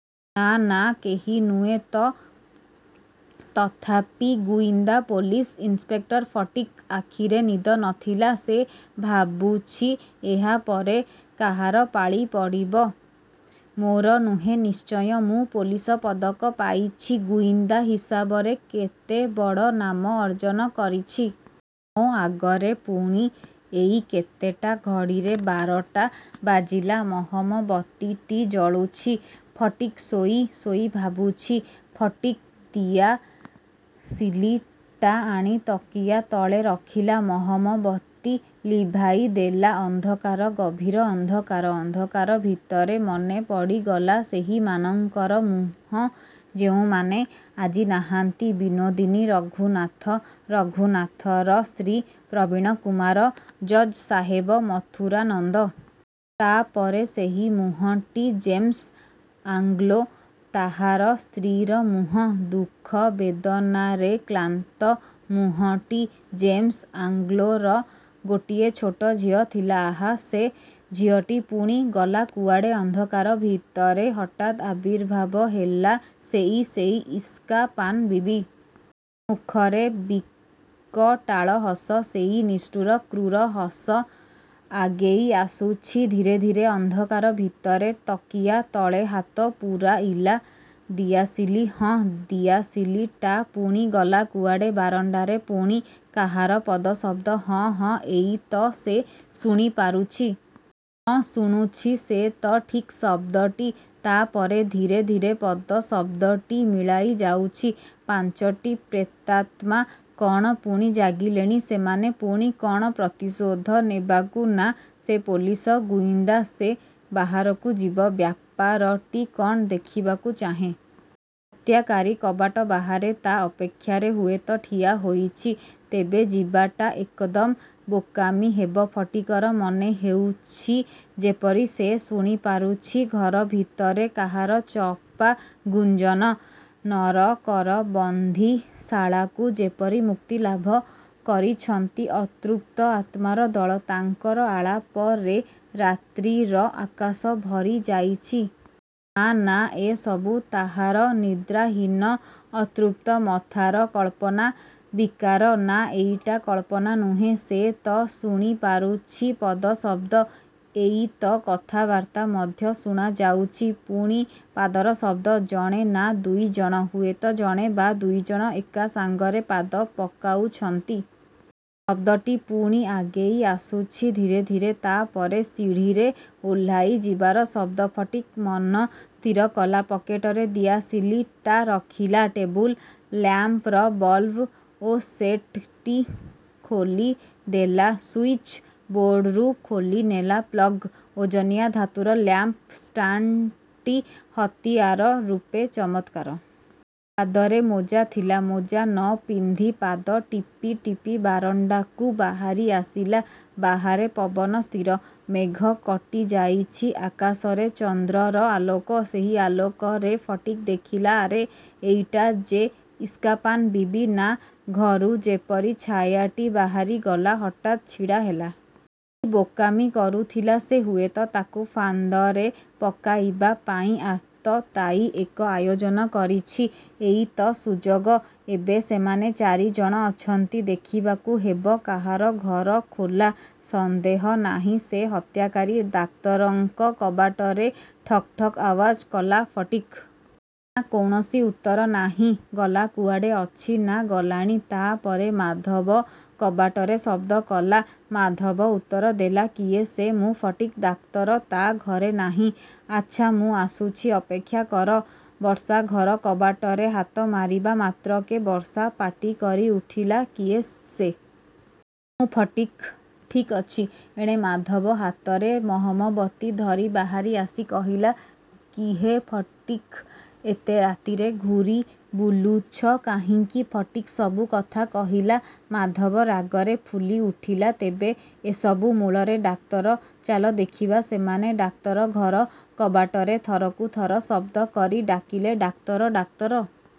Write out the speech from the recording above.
ନା, ନା, କେହି ନୁହେଁ ତ! ତଥାପି ଗୁଇନ୍ଦା ପୋଲିସ ଇନ୍ସପେକ୍ଟର ଫଟିକ୍ ଆଖିରେ ନିଦ ନ ଥିଲା। ସେ ଭାବୁଛି ଏହା ପରେ କାହାର ପାଳି ପଡ଼ିବ? ମୋର ନୁହେଁ ନିଶ୍ଚୟ। ମୁଁ ପୋଲିସ ପଦକ ପାଇଛି। ଗୁଇନ୍ଦା ହିସାବରେ କେତେ ବଡ଼ ନାମ ଅର୍ଜନ କରିଛି। ମୋ ଆଗରେ ପୁଣି ଏଇ କେତେଟା ଘଡ଼ିରେ ବାରଟା ବାଜିଲା। ମହମବତୀଟି ଜଳୁଛି। ଫଟିକ୍ ଶୋଇ ଶୋଇ ଭାବୁଛି। ଫଟିକ୍ ଦିଆସିଲି ଟା ଆଣି ତକିଆ ତଳେ ରଖିଲା। ମହମବତୀ ଲିଭାଇଦେଲା। ଅନ୍ଧକାର। ଗଭୀର ଅନ୍ଧକାର। ଅନ୍ଧକାର ଭିତରେ ମନେପଡ଼ିଗଲା ସେହିମାନଙ୍କର ମୁହଁ ଯେଉଁମାନେ ଆଜି ନାହାନ୍ତି: ବିନୋଦିନୀ, ରଘୁନାଥ, ରଘୁନାଥର ସ୍ତ୍ରୀ, ପ୍ରବୀଣକୁମାର, ଜଜ୍ ସାହେବ, ମଥୁରାନନ୍ଦ। ତା ପରେ ସେହି ମୁହଁଟି ଜେମ୍ସ ଆଂଲୋ। ତାହାର ସ୍ତ୍ରୀର ମୁହଁ। ଦୁଃଖ ବେଦନାରେ କ୍ଳାନ୍ତ ମୁହଁଟି। ଜେମ୍ସ ଆଂଲୋର ଗୋଟିଏ ଛୋଟ ଝିଅ ଥିଲା। ଆହା, ସେ ଝିଅଟି ପୁଣି ଗଲା କୁଆଡ଼େ? ଅନ୍ଧକାର ଭିତରେ ହଠାତ୍ ଆବିର୍ଭାବ ହେଲା ସେଇ, ସେଇ ଇସ୍କାପାନ ବିବି। ମୁଖରେ ବିକଟାଳ ହସ। ସେଇ ନିଷ୍ଠୁର କ୍ରୂର ହସ। ଆଗେଇଆସୁଛି ଧୀରେ ଧୀରେ। ଅନ୍ଧକାର ଭିତରେ ତକିଆ ତଳେ ହାତ ପୂରାଇଲା। ଦିଆସିଲି ହଁ, ଦିଆସିଲି ଟା ପୁଣି ଗଲା କୁଆଡ଼େ? ବାରଣ୍ଡାରେ ପୁଣି କାହାର ପଦଶବ୍ଦ! ହଁ ହଁ, ଏଇ ତ ସେ ଶୁଣିପାରୁଛି। ହଁ, ଶୁଣୁଛି ସେ ତ ଠିକ୍ ଶବ୍ଦଟି। ତା ପରେ ଧୀରେ ଧୀରେ ପଦଶବ୍ଦଟି ମିଳାଇଯାଉଛି। ପାଞ୍ଚଟି ପ୍ରେତାତ୍ମା କ'ଣ ପୁଣି ଜାଗିଲେଣି? ସେମାନେ ପୁଣି କ'ଣ ପ୍ରତିଶୋଧ ନେବାକୁ ନା, ସେ ପୋଲିସ ଗୁଇନ୍ଦା। ସେ ବାହାରକୁ ଯିବ। ବ୍ୟାପାରଟି କ'ଣ, ଦେଖିବାକୁ ଚାହେଁ। ହତ୍ୟାକାରୀ କବାଟ ବାହାରେ ତା ଅପେକ୍ଷାରେ ହୁଏତ ଠିଆ ହୋଇଛି। ତେବେ ଯିବାଟା ଏକଦମ ବୋକାମି ହେବ। ଫଟିକର ମନେହେଉଛି ଯେପରି ସେ ଶୁଣିପାରୁଛି ଘର ଭିତରେ କାହାର ଚପା ଗୁଞ୍ଜନ। ନରକର ବନ୍ଦୀଶାଳାରୁ ଯେପରି ମୁକ୍ତି ଲାଭ କରିଛନ୍ତି ଅତୃପ୍ତ ଆତ୍ମାର ଦଳ। ତାଙ୍କର ଆଳାପରେ ରାତ୍ରିର ଆକାଶ ଭରିଯାଇଛି। ନା, ନା, ଏସବୁ ତାହାର ନିଦ୍ରାହୀନ ଅତୃପ୍ତ ମଥାର କଳ୍ପନା ବିକାର। ନା, ଏଇଟା କଳ୍ପନା ନୁହେଁ। ସେ ତ ଶୁଣିପାରୁଛି ପଦଶବ୍ଦ। ଏଇ ତ କଥାବାର୍ତ୍ତା ମଧ୍ୟ ଶୁଣାଯାଉଛି। ପୁଣି ପାଦର ଶବ୍ଦ। ଜଣେ ନା ଦୁଇ ଜଣ? ହୁଏତ ଜଣେ ବା ଦୁଇ ଜଣ ଏକାସାଙ୍ଗରେ ପାଦ ପକାଉଛନ୍ତି। ଶବ୍ଦଟି ପୁଣି ଆଗେଇଆସୁଛି ଧୀରେ ଧୀରେ। ତା ପରେ ସିଡ଼ିରେ ଓହ୍ଲାଇଯିବାର ଶବ୍ଦ। ଫଟିକ୍ ମନ ସ୍ଥିର କଲା। ପକେଟରେ ଦିଆସିଲି ଟା ରଖିଲା। ଟେବୁଲ ଲ୍ୟାମ୍ପର ବଲ୍ବ ଓ ସେଡ୍ ଟି ଖୋଲିଦେଲା। ସୁଇଚ୍ ବୋର୍ଡରୁ ଖୋଲିନେଲା ପ୍ଲଗ୍। ଓଜନିଆ ଧାତୁର ଲ୍ୟାମ୍ପ ଷ୍ଟାଣ୍ଡଟି ହତିଆର ରୂପେ ଚମତ୍କାର। ପାଦରେ ମୋଜା ଥିଲା। ଜୋତା ନ ପିନ୍ଧି ପାଦ ଟିପି ଟିପି ବାରଣ୍ଡାକୁ ବାହାରିଆସିଲା। ବାହାରେ ପବନ ସ୍ଥିର। ମେଘ କଟିଯାଇଛି। ଆକାଶରେ ଚନ୍ଦ୍ରର ଆଲୋକ। ସେହି ଆଲୋକରେ ଫଟିକ୍ ଦେଖିଲା, ଆରେ, ଏଇଟା ଯେ ଇସ୍କାପାନ ବିବି, ନା! ଘରୁ ଯେପରି ଛାୟାଟି ବାହାରିଗଲା ହଠାତ୍ ଛିଡ଼ାହେଲା। କି ବୋକାମି କରୁଥିଲା ସେ! ହୁଏତ ତାକୁ ଫାନ୍ଦରେ ପକାଇବା ପାଇଁ ଆତତାୟୀ ଏକ ଆୟୋଜନ କରିଛି। ଏଇ ତ ସୁଯୋଗ। ଏବେ ସେମାନେ ଚାରି ଜଣ ଅଛନ୍ତି। ଦେଖିବାକୁ ହେବ କାହାର ଘର ଖୋଲା। ସନ୍ଦେହ ନାହିଁ ସେ ହତ୍ୟାକାରୀ। ଡାକ୍ତରଙ୍କ କବାଟରେ ଠକ୍ ଠକ୍ ଆୱାଜ କଲା ଫଟିକ୍। ନା, କୌଣସି ଉତ୍ତର ନାହିଁ। ଗଲା କୁଆଡ଼େ? ଅଛି ନା ଗଲାଣି? ତା ପରେ ମାଧବ କବାଟରେ ଶବ୍ଦ କଲା। ମାଧବ ଉତ୍ତର ଦେଲା, କିଏ ସେ? ମୁଁ ଫଟିକ୍। ଡାକ୍ତର ତା ଘରେ ନାହିଁ। ଆଚ୍ଛା, ମୁଁ ଆସୁଛି, ଅପେକ୍ଷା କର। ବର୍ଷା ଘର କବାଟରେ ହାତ ମାରିବା ମାତ୍ରକେ ବର୍ଷା ପାଟିକରି ଉଠିଲା, କିଏ ସେ? ମୁଁ ଫଟିକ୍। ଠିକ୍ ଅଛି। ଏଣେ ମାଧବ ହାତରେ ମହମବତୀ ଧରି ବାହାରିଆସି କହିଲା, କିହେ ଫଟିକ୍, ଏତେ ରାତିରେ ଘୂରିବୁଲୁଛ କାହିଁକି? ଫଟିକ୍ ସବୁ କଥା କହିଲା। ମାଧବ ରାଗରେ ଫୁଲିଉଠିଲା, ତେବେ ଏସବୁ ମୂଳରେ ଡାକ୍ତର। ଚାଲ ଦେଖିବା। ସେମାନେ ଡାକ୍ତର ଘର କବାଟରେ ଥରକୁ ଥର ଶବ୍ଦ କରି ଡାକିଲେ, ଡାକ୍ତର, ଡାକ୍ତର!